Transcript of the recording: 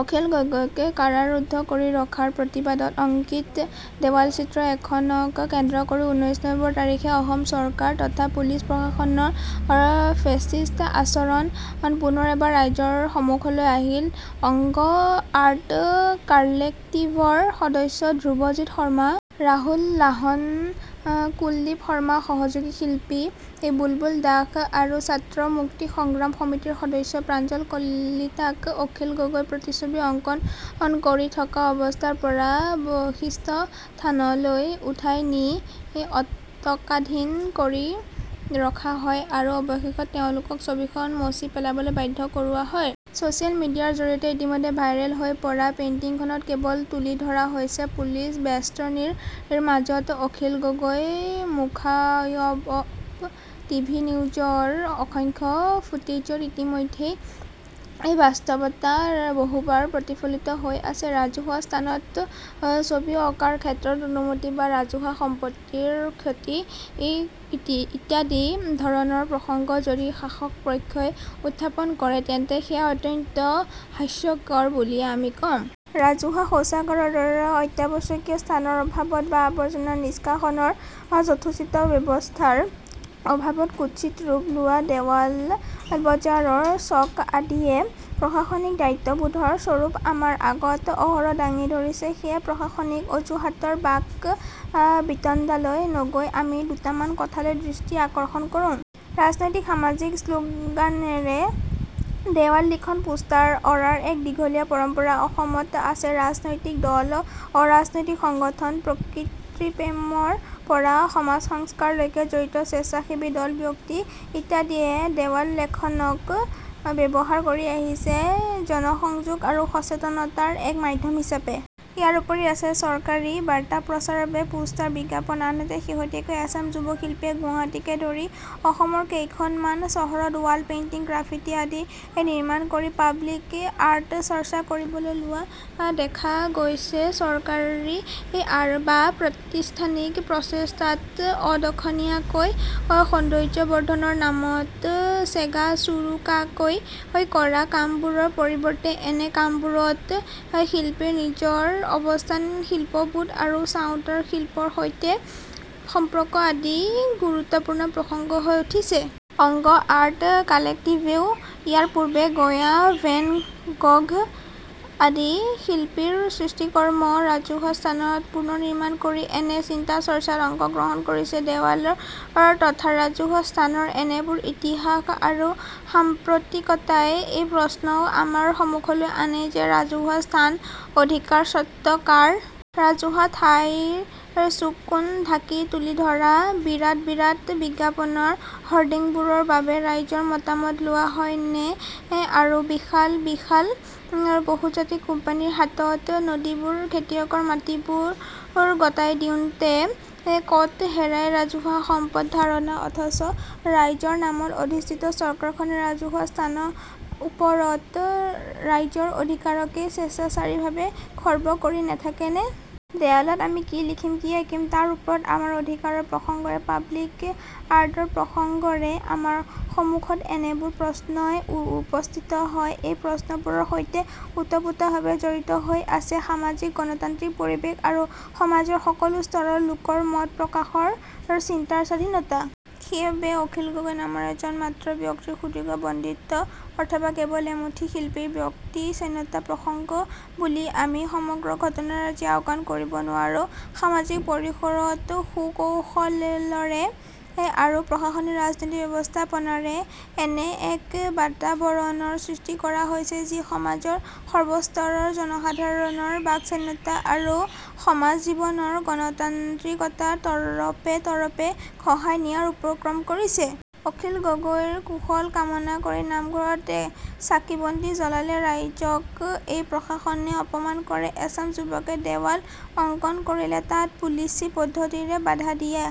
অখিল গগৈক কাৰাৰুদ্ধ কৰি ৰখাৰ প্ৰতিবাদত অংকিত দেৱাল চিত্ৰ এখনক কেন্দ্ৰ কৰি ঊনৈশ নৱেম্বৰ তাৰিখে অসম চৰকাৰ তথা পুলিচ প্ৰশাসনৰ ফেচিষ্ট আচৰণ পুনৰ এবাৰ ৰাইজৰ সমুখলৈ আহিল। অংগ আৰ্ট কালেক্টিভৰ সদস্য ধ্ৰুৱজিত শৰ্মা ৰাহুল লাহন কুলদীপ শৰ্মা সহযোগী শিল্পী বুলবুল দাস আৰু ছাত্ৰ মুক্তি সংগ্ৰাম সমিতিৰ সদস্য প্ৰাঞ্জল কলিতাক অখিল গগৈৰ প্ৰতিচ্ছবি অংকন কৰি থকা অৱস্থাৰ পৰা বশিষ্ঠ থানালৈ উঠাই নি আটকাধীন কৰি ৰখা হয় আৰু অৱশেষত তেওঁলোকক ছবিখন মচি পেলাবলৈ বাধ্য কৰোৱা হয়। চছিয়েল মিডিয়াৰ জৰিয়তে ইতিমধ্যে ভাইৰেল হৈ পৰা পেইন্টিংখনত কেৱল তুলি ধৰা হৈছিল পুলিচ বেষ্টনীৰ মাজত। অখিল গগৈৰ মুখাৱয়ব টিভি নিউজৰ অসংখ্য ফুটেজত ইতিমধ্যেই এই বাস্তৱতা বহুবাৰ প্ৰতিফলিত হৈ আছে। ৰাজহুৱা স্থানত ছবি অঁকাৰ ক্ষেত্ৰত অনুমতি বা ৰাজহুৱা সম্পত্তিৰ ক্ষতি ইত্যাদি ধৰণৰ প্ৰসংগ যদি শাসক পক্ষই উত্থাপন কৰে তেন্তে সেয়া অত্যন্ত হাস্যকৰ বুলিয়েই আমি কম। ৰাজহুৱা শৌচাগাৰৰ দৰে অত্যাৱশ্যকীয় স্থানৰ অভাৱত বা আৱৰ্জনা নিস্কাষণৰ যথোচিত ব্যৱস্থাৰ অভাৱত কুৎচিত ৰূপ লোৱা দেৱাল বজাৰৰ চক আদিয়ে প্ৰশাসনিক দায়িত্ববোধৰ স্বৰূপ আমাৰ আগত অহৰহ দাঙি ধৰিছে। সেয়ে প্ৰশাসনিক অজুহাতৰ বাক-বিতণ্ডালৈ নগৈ আমি দুটামান কথালৈ দৃষ্টি আকৰ্ষণ কৰোঁ। ৰাজনৈতিক সামাজিক শ্লোগানেৰে দেৱাল লিখন পোষ্টাৰ অঁৰাৰ এক দীঘলীয়া পৰম্পৰা অসমত আছে। ৰাজনৈতিক দল অৰাজনৈতিক সংগঠন প্ৰকৃতিপ্ৰেমৰ পৰা সমাজসংস্কাৰলৈকে জড়িত স্বেচ্ছাসেৱী দল, ব্যক্তি ইত্যাদিয়ে দেৱাল লেখনক ব্যৱহাৰ কৰি আহিছে জনসংযোগ আৰু সচেতনতাৰ এক মাধ্যম হিচাপে। ইয়াৰোপৰি আছে চৰকাৰী বাৰ্তা প্ৰচাৰৰ বাবে পোষ্টাৰ বিজ্ঞাপন আনহাতে শেহতীয়াকৈ এচাম যুৱ শিল্পীয়ে গুৱাহাটীকে ধৰি অসমৰ কেইখনমান চহৰত ৱাল পেইন্টিং গ্ৰাফিটি আদি নিৰ্মাণ কৰি পাব্লিক আৰ্ট চৰ্চা কৰিবলৈ লোৱা দেখা গৈছে। চৰকাৰী বা প্ৰাতিষ্ঠানিক প্ৰচেষ্টাত আদখনীয়াকৈ সৌন্দৰ্যবৰ্ধনৰ নামত চেগাচোৰোকাকৈ কৰা কামবোৰৰ পৰিৱৰ্তে এনে কামবোৰত শিল্পীৰ নিজৰ অৱস্থান শিল্পবোধ আৰু চাওঁতাৰ শিল্পৰ সৈতে সম্পৰ্ক আদি গুৰুত্বপূৰ্ণ প্ৰসংগ হৈ উঠিছে। অংগ আৰ্ট কালেক্টিভেও ইয়াৰ পূৰ্বে গয়া ভেন গঘ আদি শিল্পীৰ সৃষ্টিকৰ্ম ৰাজহুৱা স্থানত পুনৰ্নিৰ্মাণ কৰি এনে চিন্তাচৰ্চাত অংশগ্ৰহণ কৰিছে। দেৱালৰ তথা ৰাজহুৱা স্থানৰ এনেবোৰ ইতিহাস আৰু সাম্প্ৰতিকতাই এই প্ৰশ্নও আমাৰ সমুখলৈ আনে যে ৰাজহুৱা স্থান অধিকাৰস্বত্ব কাৰ? ৰাজহুৱা ঠাইৰ চুক কোণ ঢাকি তুলি ধৰা বিৰাট বিৰাট বিজ্ঞাপনৰ হৰ্ডিংবোৰৰ বাবে ৰাইজৰ মতামত লোৱা হয় নে আৰু বিশাল বিশাল বহুজাতিক কোম্পানীৰ হাতত নদীবোৰ খেতিয়কৰ মাটিবোৰ গতাই দিওঁতে কত হেৰায় ৰাজহুৱা সম্পদ ধাৰণা, অথচ ৰাইজৰ নামত অধিষ্ঠিত চৰকাৰখনে ৰাজহুৱা স্থান ওপৰত ৰাইজৰ অধিকাৰকেই স্বেচ্ছাচাৰীভাৱে খৰ্ব কৰি নেথাকে নে? দেৱালত আমি কি লিখিম কি আঁকিম তাৰ ওপৰত আমাৰ অধিকাৰৰ প্ৰসংগৰে পাব্লিক আৰ্টৰ প্ৰসংগৰে আমাৰ সমুখত এনেবোৰ প্ৰশ্নই উপস্থিত হয়। এই প্ৰশ্নবোৰৰ সৈতে ওতপ্ৰোত: ভাৱে জড়িত হৈ আছে সামাজিক গণতান্ত্ৰিক পৰিৱেশ আৰু সমাজৰ সকলো স্তৰৰ লোকৰ মত প্ৰকাশৰ চিন্তাৰ স্বাধীনতা। সেইবাবে অখিল গগৈ নামৰ এজন মাত্ৰ ব্যক্তিৰ সুদীৰ্ঘ বন্দিত্ব অথবা কেৱল এমুঠি শিল্পীৰ ব্যক্তি স্বাধীনতাৰ প্ৰসংগ বুলি আমি সমগ্ৰ ঘটনাৰাজি আওকাণ কৰিব নোৱাৰোঁ। সামাজিক পৰিসৰত সুকৌশলৰে আৰু প্ৰশাসনিক, ৰাজনৈতিক ব্যৱস্থাপনাৰে এনে এক বাতাৱৰণৰ সৃষ্টি কৰা হৈছে যি সমাজৰ সৰ্বস্তৰৰ জনসাধাৰণৰ বাকস্বাধীনতা আৰু সমাজজীৱনৰ গণতান্ত্ৰিকতা তৰপে তৰপে খহাই নিয়াৰ উপক্ৰম কৰিছে। অখিল গগৈৰ কুশল কামনা কৰি নামঘৰত চাকিবন্তি জ্বলালে ৰাইজক এই প্ৰশাসনে অপমান কৰে। এচাম যুৱকে দেৱাল অংকণ কৰিলে তাত পুলিচী পদ্ধতিৰে বাধা দিয়া।